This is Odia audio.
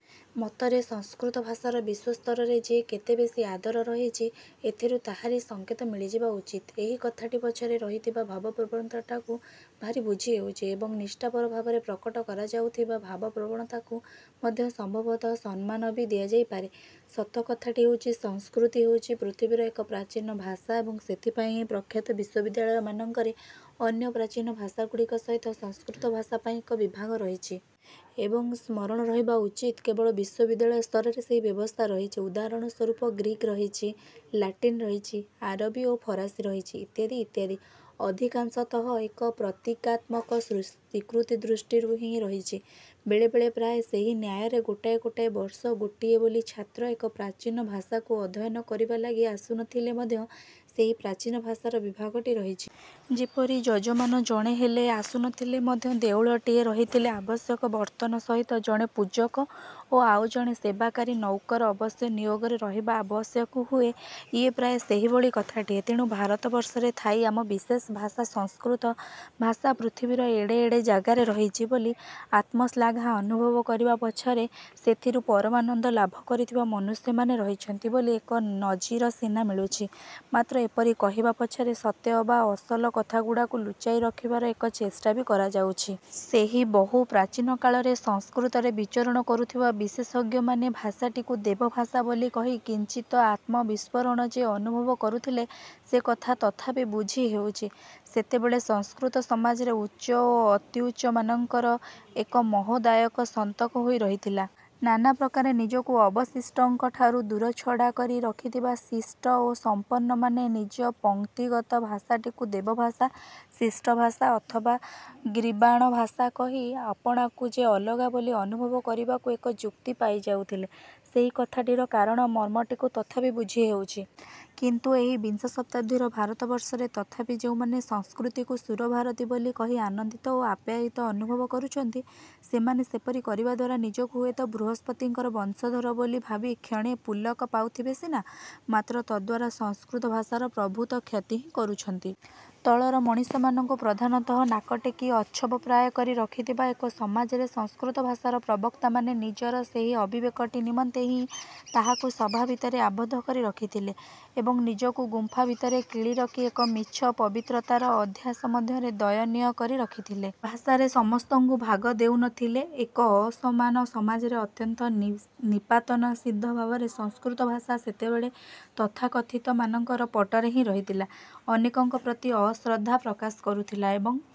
ମତରେ, ସଂସ୍କୃତ ଭାଷାର ବିଶ୍ୱସ୍ତରରେ ଯେ କେତେବେଶୀ ଆଦର ରହିଛି, ଏଥିରୁ ତାହାରି ସଙ୍କେତ ମିଳିଯିବା ଉଚିତ। ଏହି କଥାଟି ପଛରେ ରହିଥିବା ଭାବପ୍ରବଣତାଟାକୁ ଭାରି ବୁଝି ହେଉଛି ଏବଂ ନିଷ୍ଠାପର ଭାବରେ ପ୍ରକଟ କରାଯାଉଥିବା ଭାବପ୍ରବଣତାକୁ ମଧ୍ୟ ସମ୍ଭବତଃ ସମ୍ମାନ ବି ଦିଆଯାଇପାରେ। ସତ କଥାଟି ହେଉଛି, ସଂସ୍କୃତି ହେଉଛି ପୃଥିବୀର ଏକ ପ୍ରାଚୀନ ଭାଷା ଏବଂ, ସେଥିପାଇଁ ହିଁ ପ୍ରଖ୍ୟାତ ବିଶ୍ୱବିଦ୍ୟାଳୟ ମାନଙ୍କରେ ଅନ୍ୟ ପ୍ରାଚୀନ ଭାଷାଗୁଡ଼ିକ ସହିତ ସଂସ୍କୃତ ଭାଷା ପାଇଁ ଏକ ବିଭାଗ ରହିଛି। ଏବଂ, ସ୍ମରଣ ରହିବା ଉଚିତ, କେବଳ ବିଶ୍ଵବିଦ୍ୟାଳୟ ସ୍ତରରେ ସେହି ବ୍ୟବସ୍ଥା ରହିଛି। ଉଦାହରଣ ସ୍ଵରୂପ, ଗ୍ରୀକ୍ ରହିଛି, ଲାଟିନ୍ ରହିଛି, ଆରବୀ ଓ ଫରାସୀ ରହିଛି, ଇତ୍ୟାଦି, ଇତ୍ୟାଦି। ଅଧିକାଂଶତଃ ଏକ ପ୍ରତୀକାତ୍ମକ ସ୍ୱୀକୃତି ଦୃଷ୍ଟିରୁ ହିଁ ରହିଛି। ବେଳେ ବେଳେ, ପ୍ରାୟ ସେହି ନ୍ୟାୟରେ, ଗୋଟାଏ ଗୋଟାଏ ବର୍ଷ ଗୋଟିଏ ବୋଲି ଛାତ୍ର ଏକ ପ୍ରାଚୀନ ଭାଷାକୁ ଅଧ୍ୟୟନ କରିବା ଲାଗି ଆସୁନଥିଲେ ମଧ୍ୟ ସେହି ପ୍ରାଚୀନ ଭାଷାର ବିଭାଗଟି ରହିଛି। ଯେପରି, ଯଜମାନ ଜଣେ ହେଲେ ଆସୁନଥିଲେ ମଧ୍ୟ ଦେଉଳଟିଏ ରହିଥିଲେ ଆବଶ୍ୟକ ବର୍ତ୍ତନ ସହିତ ଜଣେ ପୂଜକ ଓ ଆଉ ଜଣେ ସେବାକାରୀ ନଉକର ଅବଶ୍ୟ ନିୟୋଗରେ ରହିବା ଆବଶ୍ୟକ ହୁଏ, ଇଏ ପ୍ରାୟ ସେହିଭଳି କଥାଟିଏ। ତେଣୁ, ଭାରତବର୍ଷରେ ଥାଇ ଆମ ବିଶେଷ ଭାଷା ସଂସ୍କୃତ ଭାଷା ପୃଥିବୀର ଏଡ଼େ ଏଡ଼େ ଜାଗାରେ ରହିଛି ବୋଲି ଆତ୍ମଶ୍ଳାଘା ଅନୁଭବ କରିବା ପଛରେ ସେଥିରୁ ପରମାନନ୍ଦ ଲାଭ କରିଥିବା ମନୁଷ୍ୟମାନେ ରହିଛନ୍ତି ବୋଲି ଏକ ନଜିର ସିନା ମିଳୁଛି, ମାତ୍ର ଏପରି କହିବା ପଛରେ ସତେ ଅବା ଅସଲ କଥାଗୁଡ଼ାକୁ ଲୁଚାଇ ରଖିବାର ଏକ ଚେଷ୍ଟା ବି କରାଯାଉଛି। ସେହି ବହୁ ପ୍ରାଚୀନ କାଳରେ ସଂସ୍କୃତରେ ବିଚରଣ କରୁଥିବା ବିଶେଷଜ୍ଞମାନେ ଭାଷାଟିକୁ ଦେବଭାଷା ବୋଲି କହି କିଞ୍ଚିତ୍ ଆତ୍ମବିସ୍ଫୋରଣ ଯେ ଅନୁଭବ କରୁଥିଲେ, ସେ କଥା ତଥାପି ବୁଝି ହେଉଛି। ସେତେବେଳେ ସଂସ୍କୃତ ସମାଜରେ ଉଚ୍ଚ ଓ ଅତ୍ୟୁଚ୍ଚମାନଙ୍କର ଏକ ମୋହଦାୟକ ସନ୍ତକ ହୋଇ ରହିଥିଲା। ନାନା ପ୍ରକାରେ ନିଜକୁ ଅବଶିଷ୍ଟଙ୍କଠାରୁ ଦୂରଛଡ଼ା କରି ରଖିଥିବା ଶିଷ୍ଟ ଓ ସମ୍ପନ୍ନମାନେ ନିଜ ପଂକ୍ତିଗତ ଭାଷାଟିକୁ ଦେବଭାଷା, ଶିଷ୍ଟ ଭାଷା ଅଥବା ଗୀର୍ବାଣ ଭାଷା କହି ଆପଣାକୁ ଯେ ଅଲଗା ବୋଲି ଅନୁଭବ କରିବାକୁ ଏକ ଯୁକ୍ତି ପାଇ ଯାଉଥିଲେ, ସେହି କଥାଟିର କାରଣ- ମର୍ମଟିକୁ ତଥାପି ବୁଝି ହେଉଛି। କିନ୍ତୁ, ଏହି ବିଂଶ ଶତାବ୍ଦୀର ଭାରତବର୍ଷରେ ତଥାପି ଯେଉଁମାନେ ସଂସ୍କୃତିକୁ ସୁରଭାରତୀ ବୋଲି କହି ଆନନ୍ଦିତ ଓ ଆପ୍ୟାୟିତ ଅନୁଭବ କରୁଛନ୍ତି, ସେମାନେ ସେପରି କରିବା ଦ୍ଵାରା ନିଜକୁ ହୁଏତ ବୃହସ୍ପତିଙ୍କର ବଂଶଧର ବୋଲି ଭାବି କ୍ଷଣେ ପୁଲକ ପାଉଥିବେ ସିନା, ମାତ୍ର ତଦ୍ଦ୍ୱାରା ସଂସ୍କୃତ ଭାଷାର ପ୍ରଭୂତ କ୍ଷତି ହିଁ କରୁଛନ୍ତି। ତଳର ମଣିଷମାନଙ୍କୁ ପ୍ରଧାନତଃ ନାକଟେକି ଅଚ୍ଛବ ପ୍ରାୟ କରି ରଖିଥିବା ଏକ ସମାଜରେ ସଂସ୍କୃତ ଭାଷାର ପ୍ରବକ୍ତାମାନେ ନିଜର ସେହି ଅବିବେକଟି ନିମନ୍ତେ ହିଁ ତାହାକୁ ସଭା ଭିତରେ ଆବଦ୍ଧ କରି ରଖିଥିଲେ ଏବଂ ନିଜକୁ ଗୁମ୍ଫା ଭିତରେ କିଳି ରଖି ଏକ ମିଛ ପବିତ୍ରତାର ଅଧ୍ୟାସ ମଧ୍ୟରେ ଦୟନୀୟ କରି ରଖିଥିଲେ। ଭାଷାରେ ସମସ୍ତଙ୍କୁ ଭାଗ ଦେଉନଥିଲେ। ଏକ ଅସମାନ ସମାଜରେ ଅତ୍ୟନ୍ତ ନିପାତନସିଦ୍ଧ ଭାବରେ ସଂସ୍କୃତ ଭାଷା ସେତେବେଳେ ତଥାକଥିତ ମାନଙ୍କର ପଟରେ ହିଁ ରହିଥିଲା,- ଅନେକଙ୍କ ପ୍ରତି ଅଶ୍ରଦ୍ଧା ପ୍ରକାଶ କରୁଥିଲା। ଏବଂ,